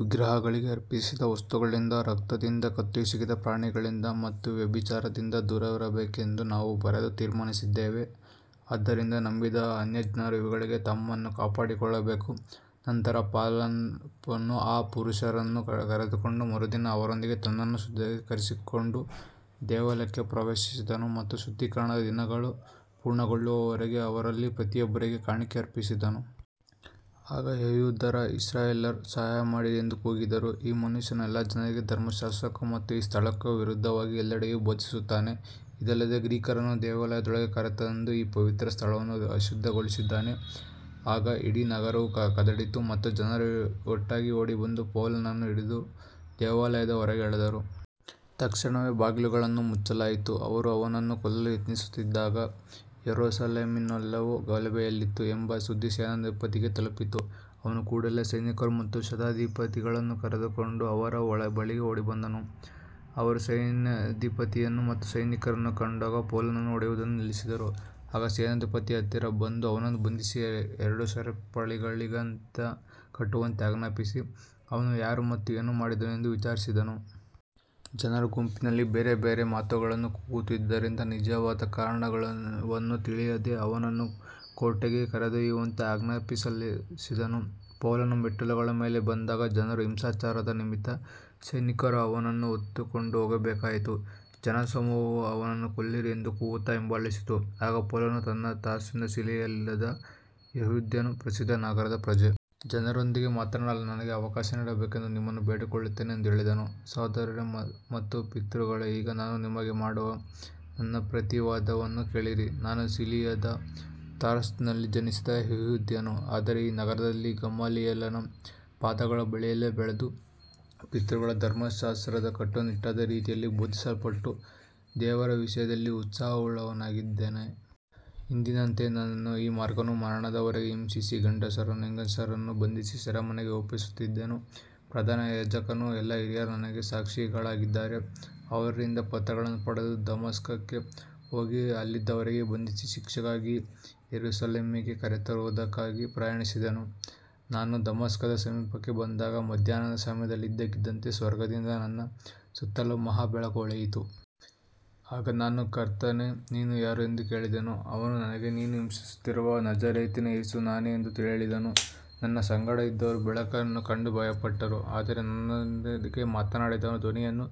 ವಿಗ್ರಹಗಳಿಗೆ ಅರ್ಪಿಸಿದ ವಸ್ತುಗಳಿಂದ, ರಕ್ತದಿಂದ, ಕತ್ತುಹಿಸುಕಿದ ಪ್ರಾಣಿಗಳಿಂದ ಮತ್ತು ವ್ಯಭಿಚಾರದಿಂದ ದೂರವಿರಬೇಕೆಂದು ನಾವು ಬರೆದು ತೀರ್ಮಾನಿಸಿದ್ದೇವೆ. ಆದ್ದರಿಂದ ನಂಬಿದ ಅನ್ಯಜನರು ಇವುಗಳಿಂದ ತಮ್ಮನ್ನು ಕಾಪಾಡಿಕೊಳ್ಳಬೇಕು. ನಂತರ ಪೌಲನು ಆ ಪುರುಷರನ್ನು ಕರೆದುಕೊಂಡು ಮರುದಿನ ಅವರೊಂದಿಗೆ ತನ್ನನ್ನು ಶುದ್ಧೀಕರಿಸಿಕೊಂಡು ದೇವಾಲಯಕ್ಕೆ ಪ್ರವೇಶಿಸಿದನು ಮತ್ತು ಶುದ್ಧೀಕರಣದ ದಿನಗಳು ಪೂರ್ಣಗೊಳ್ಳುವವರೆಗೆ ಅವರಲ್ಲಿ ಪ್ರತಿಯೊಬ್ಬರಿಗಾಗಿ ಕಾಣಿಕೆ ಅರ್ಪಿಸಿದನು. ಆಗ ಯೆಹೂದ್ಯರು, ಇಸ್ರಾಯೇಲ್ಯರೇ, ಸಹಾಯಮಾಡಿರಿ ಎಂದು ಕೂಗಿದರು. ಈ ಮನುಷ್ಯನು ಎಲ್ಲ ಜನರಿಗೂ, ಧರ್ಮಶಾಸ್ತ್ರಕ್ಕೂ ಮತ್ತು ಈ ಸ್ಥಳಕ್ಕೂ ವಿರುದ್ಧವಾಗಿ ಎಲ್ಲೆಡೆಯೂ ಬೋಧಿಸುತ್ತಾನೆ. ಇದಲ್ಲದೆ ಗ್ರೀಕರನ್ನೂ ದೇವಾಲಯದೊಳಗೆ ಕರೆತಂದು ಈ ಪವಿತ್ರ ಸ್ಥಳವನ್ನು ಅಶುದ್ಧಗೊಳಿಸಿದ್ದಾನೆ. ಆಗ ಇಡೀ ನಗರವು ಕದಡಿತು ಮತ್ತು ಜನರು ಒಟ್ಟಾಗಿ ಓಡಿಬಂದು ಪೌಲನನ್ನು ಹಿಡಿದು ದೇವಾಲಯದಿಂದ ಹೊರಗೆ ಎಳೆದರು. ತಕ್ಷಣವೇ ಬಾಗಿಲುಗಳನ್ನು ಮುಚ್ಚಲಾಯಿತು. ಅವರು ಅವನನ್ನು ಕೊಲ್ಲಲು ಯತ್ನಿಸುತ್ತಿದ್ದಾಗ ಯೆರೂಸಲೇಮಿನೆಲ್ಲವೂ ಗಲಭೆಯಲ್ಲಿದೆ ಎಂಬ ಸುದ್ದಿ ಸೇನಾಧಿಪತಿಗೆ ತಲುಪಿತು. ಅವನು ಕೂಡಲೇ ಸೈನಿಕರು ಮತ್ತು ಶತಾಧಿಪತಿಗಳನ್ನು ಕರೆದುಕೊಂಡು ಅವರ ಬಳಿಗೆ ಓಡಿಬಂದನು. ಅವರು ಸೇನಾಧಿಪತಿಯನ್ನು ಮತ್ತು ಸೈನಿಕರನ್ನು ಕಂಡಾಗ ಪೌಲನನ್ನು ಹೊಡೆಯುವುದನ್ನು ನಿಲ್ಲಿಸಿದರು. ಆಗ ಸೇನಾಧಿಪತಿಯು ಹತ್ತಿರ ಬಂದು ಅವನನ್ನು ಬಂಧಿಸಿ ಎರಡು ಸರಪಳಿಗಳಿಂದ ಕಟ್ಟುವಂತೆ ಆಜ್ಞಾಪಿಸಿ, ಅವನು ಯಾರು ಮತ್ತು ಏನು ಮಾಡಿದನು ಎಂದು ವಿಚಾರಿಸಿದನು. ಜನರು ಗುಂಪಿನಲ್ಲಿ ಬೇರೆಬೇರೆ ಮಾತುಗಳನ್ನು ಕೂಗುತ್ತಿದ್ದುದರಿಂದ ನಿಜವಾದ ಕಾರಣವನ್ನು ತಿಳಿಯದೆ ಅವನನ್ನು ಕೋಟೆಗೆ ಕರೆದೊಯ್ಯುವಂತೆ ಆಜ್ಞಾಪಿಸಿದನು. ಪೌಲನು ಮೆಟ್ಟಿಲುಗಳ ಮೇಲೆ ಬಂದಾಗ ಜನರ ಹಿಂಸಾಚಾರದ ನಿಮಿತ್ತ ಸೈನಿಕರು ಅವನನ್ನು ಹೊತ್ತುಕೊಂಡು ಹೋಗಬೇಕಾಯಿತು. ಜನಸಮೂಹವು ಅವನನ್ನು ಕೊಲ್ಲಿರಿ ಎಂದು ಕೂಗುತ್ತಾ ಹಿಂಬಾಲಿಸಿತು. ಆಗ ಪೌಲನು, ನಾನು ತಾರ್ಸದ ಸಿಲಿಸಿಯದ ಯೆಹೂದ್ಯನು, ಪ್ರಸಿದ್ಧ ನಗರದ ಪ್ರಜೆ. ಜನರೊಂದಿಗೆ ಮಾತನಾಡಲು ನನಗೆ ಅವಕಾಶ ನೀಡಬೇಕೆಂದು ನಿಮ್ಮನ್ನು ಬೇಡಿಕೊಳ್ಳುತ್ತೇನೆ ಎಂದು ಹೇಳಿದನು. ಸಹೋದರರೇ ಮತ್ತು ಪಿತೃಗಳೇ, ಈಗ ನಾನು ನಿಮಗೆ ಮಾಡುವ ನನ್ನ ಪ್ರತಿವಾದವನ್ನು ಕೇಳಿರಿ. ನಾನು ಸಿಲಿಸಿಯದ ತಾರ್ಸದಲ್ಲಿ ಜನಿಸಿದ ಯೆಹೂದ್ಯನು, ಆದರೆ ಈ ನಗರದಲ್ಲಿ ಗಮಾಲಿಯೇಲನ ಪಾದಗಳ ಬಳಿಯಲ್ಲಿ ಬೆಳೆದು, ಪಿತೃಗಳ ಧರ್ಮಶಾಸ್ತ್ರದ ಕಟ್ಟುನಿಟ್ಟಾದ ರೀತಿಯಲ್ಲಿ ಬೋಧಿಸಲ್ಪಟ್ಟು, ದೇವರ ವಿಷಯದಲ್ಲಿ ಉತ್ಸಾಹವುಳ್ಳವನಾಗಿದ್ದೆನು. ಇಂದಿನಂತೆಯೇ ನಾನು ಈ ಮಾರ್ಗವನ್ನು ಮರಣದವರೆಗೆ ಹಿಂಸಿಸಿ, ಗಂಡಸರನ್ನೂ ಹೆಂಗಸರನ್ನೂ ಬಂಧಿಸಿ ಸೆರೆಮನೆಗೆ ಒಪ್ಪಿಸುತ್ತಿದ್ದೆನು. ಪ್ರಧಾನ ಯಾಜಕನೂ ಎಲ್ಲಾ ಹಿರಿಯರೂ ನನಗೆ ಸಾಕ್ಷಿಗಳಾಗಿದ್ದಾರೆ. ಅವರಿಂದ ಪತ್ರಗಳನ್ನು ಪಡೆದು, ದಮಸ್ಕಕ್ಕೆ ಹೋಗಿ ಅಲ್ಲಿದ್ದವರನ್ನು ಬಂಧಿಸಿ ಶಿಕ್ಷೆಗಾಗಿ ಯೆರೂಸಲೇಮಿಗೆ ಕರೆತರುವುದಕ್ಕಾಗಿ ಪ್ರಯಾಣಿಸಿದೆನು. ನಾನು ದಮಸ್ಕದ ಸಮೀಪಕ್ಕೆ ಬಂದಾಗ ಮಧ್ಯಾಹ್ನದ ಸಮಯದಲ್ಲಿ ಇದ್ದಕ್ಕಿದ್ದಂತೆ ಸ್ವರ್ಗದಿಂದ ನನ್ನ ಸುತ್ತಲೂ ಮಹಾ ಬೆಳಕು ಹೊಳೆಯಿತು. ಆಗ ನಾನು, ಕರ್ತನೇ, ನೀನು ಯಾರು ಎಂದು ಕೇಳಿದೆನು. ಅವನು ನನಗೆ, ನೀನು ಹಿಂಸಿಸುತ್ತಿರುವ ನಜರೇತಿನ ಯೇಸು ನಾನೇ ಎಂದು ಹೇಳಿದನು. ನನ್ನ ಸಂಗಡ ಇದ್ದವರು ಬೆಳಕನ್ನು ಕಂಡು ಭಯಪಟ್ಟರು, ಆದರೆ ನನ್ನೊಂದಿಗೆ ಮಾತನಾಡಿದವನ ಧ್ವನಿಯನ್ನು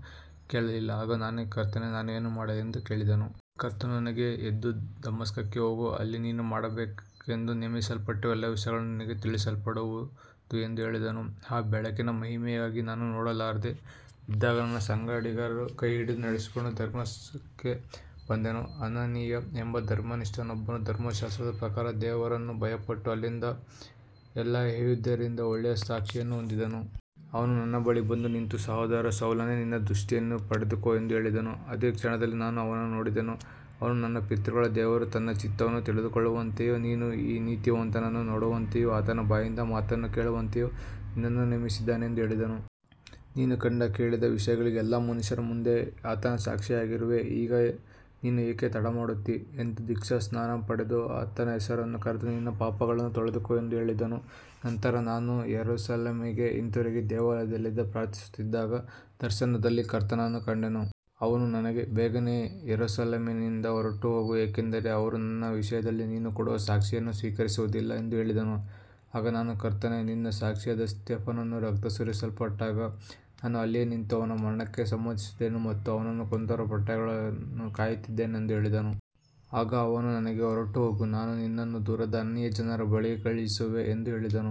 ಕೇಳಲಿಲ್ಲ. ಆಗ ನಾನು, ಕರ್ತನೇ, ನಾನು ಏನು ಮಾಡಲಿ ಎಂದು ಕೇಳಿದೆನು. ಕರ್ತನು ನನಗೆ, ಎದ್ದು ದಮಸ್ಕಕ್ಕೆ ಹೋಗು. ಅಲ್ಲಿ ನೀನು ಮಾಡಬೇಕೆಂದು ನೇಮಿಸಲ್ಪಟ್ಟಿರುವ ಎಲ್ಲ ವಿಷಯಗಳು ನಿನಗೆ ತಿಳಿಸಲ್ಪಡುವವು ಎಂದು ಹೇಳಿದನು. ಆ ಬೆಳಕಿನ ಮಹಿಮೆಯಿಂದಾಗಿ ನಾನು ನೋಡಲಾರದೆ ಇದ್ದಾಗ ನನ್ನ ಸಂಗಡಿಗರು ಕೈಹಿಡಿದು ನಡೆಸಿಕೊಂಡು ದಮಸ್ಕಕ್ಕೆ ಬಂದೆನು. ಅನನೀಯ ಎಂಬ ಧರ್ಮನಿಷ್ಠನೊಬ್ಬನು ಧರ್ಮಶಾಸ್ತ್ರದ ಪ್ರಕಾರ ದೇವರನ್ನು ಭಯಪಟ್ಟು ಅಲ್ಲಿದ್ದ ಎಲ್ಲಾ ಯೆಹೂದ್ಯರಿಂದ ಒಳ್ಳೆಯ ಸಾಕ್ಷಿಯನ್ನು ಹೊಂದಿದ್ದನು. ಅವನು ನನ್ನ ಬಳಿಗೆ ಬಂದು ನಿಂತು, ಸಹೋದರ ಸೌಲನೇ, ನಿನ್ನ ದೃಷ್ಟಿಯನ್ನು ಪಡೆದುಕೋ ಎಂದು ಹೇಳಿದನು. ಅದೇ ಕ್ಷಣದಲ್ಲಿ ನಾನು ಅವನನ್ನು ನೋಡಿದೆನು. ಅವನು, ನಮ್ಮ ಪಿತೃಗಳ ದೇವರು ತನ್ನ ಚಿತ್ತವನ್ನು ತಿಳಿದುಕೊಳ್ಳುವಂತೆಯೂ ನೀನು ಆ ನೀತಿವಂತನನ್ನು ನೋಡುವಂತೆಯೂ ಆತನ ಬಾಯಿಂದ ಮಾತನ್ನು ಕೇಳುವಂತೆಯೂ ನಿನ್ನನ್ನು ನೇಮಿಸಿದ್ದಾನೆ ಎಂದು ಹೇಳಿದನು. ನೀನು ಕಂಡು ಕೇಳಿದ ವಿಷಯಗಳಿಗೆ ಎಲ್ಲಾ ಮನುಷ್ಯರ ಮುಂದೆ ಆತನ ಸಾಕ್ಷಿಯಾಗಿರುವೆ. ಈಗ ನೀನು ಏಕೆ ತಡಮಾಡುತ್ತೀ? ಎದ್ದು ದೀಕ್ಷಾಸ್ನಾನ ಪಡೆದು ಆತನ ಹೆಸರನ್ನು ಕರೆದು ನಿನ್ನ ಪಾಪಗಳನ್ನು ತೊಳೆದುಕೋ ಎಂದು ಹೇಳಿದನು. ನಂತರ ನಾನು ಯೆರೂಸಲೇಮಿಗೆ ಹಿಂದಿರುಗಿ ದೇವಾಲಯದಲ್ಲಿ ಪ್ರಾರ್ಥಿಸುತ್ತಿದ್ದಾಗ ದರ್ಶನದಲ್ಲಿ ಕರ್ತನನ್ನು ಕಂಡೆನು. ಅವನು ನನಗೆ, ಬೇಗನೆ ಯೆರೂಸಲೇಮಿನಿಂದ ಹೊರಟುಹೋಗು, ಏಕೆಂದರೆ ಅವರು ನನ್ನ ವಿಷಯದಲ್ಲಿ ನೀನು ಕೊಡುವ ಸಾಕ್ಷಿಯನ್ನು ಸ್ವೀಕರಿಸುವುದಿಲ್ಲ ಎಂದು ಹೇಳಿದನು. ಆಗ ನಾನು, ಕರ್ತನೇ, ನಿನ್ನ ಸಾಕ್ಷಿಯಾದ ಸ್ತೆಫನನ ರಕ್ತ ಸುರಿಸಲ್ಪಟ್ಟಾಗ ನಾನೂ ಅಲ್ಲಿಯೇ ನಿಂತು ಅವನ ಮರಣಕ್ಕೆ ಸಮ್ಮತಿಸಿದ್ದೆನು ಮತ್ತು ಅವನನ್ನು ಕೊಂದವರ ಬಟ್ಟೆಗಳನ್ನು ಕಾಯುತ್ತಿದ್ದೆನು ಎಂದು ಹೇಳಿದೆನು. ಆಗ ಅವನು ನನಗೆ, ಹೊರಟುಹೋಗು, ನಾನು ನಿನ್ನನ್ನು ದೂರದ ಅನ್ಯಜನರ ಬಳಿಗೆ ಕಳುಹಿಸುವೆನು ಎಂದು ಹೇಳಿದನು.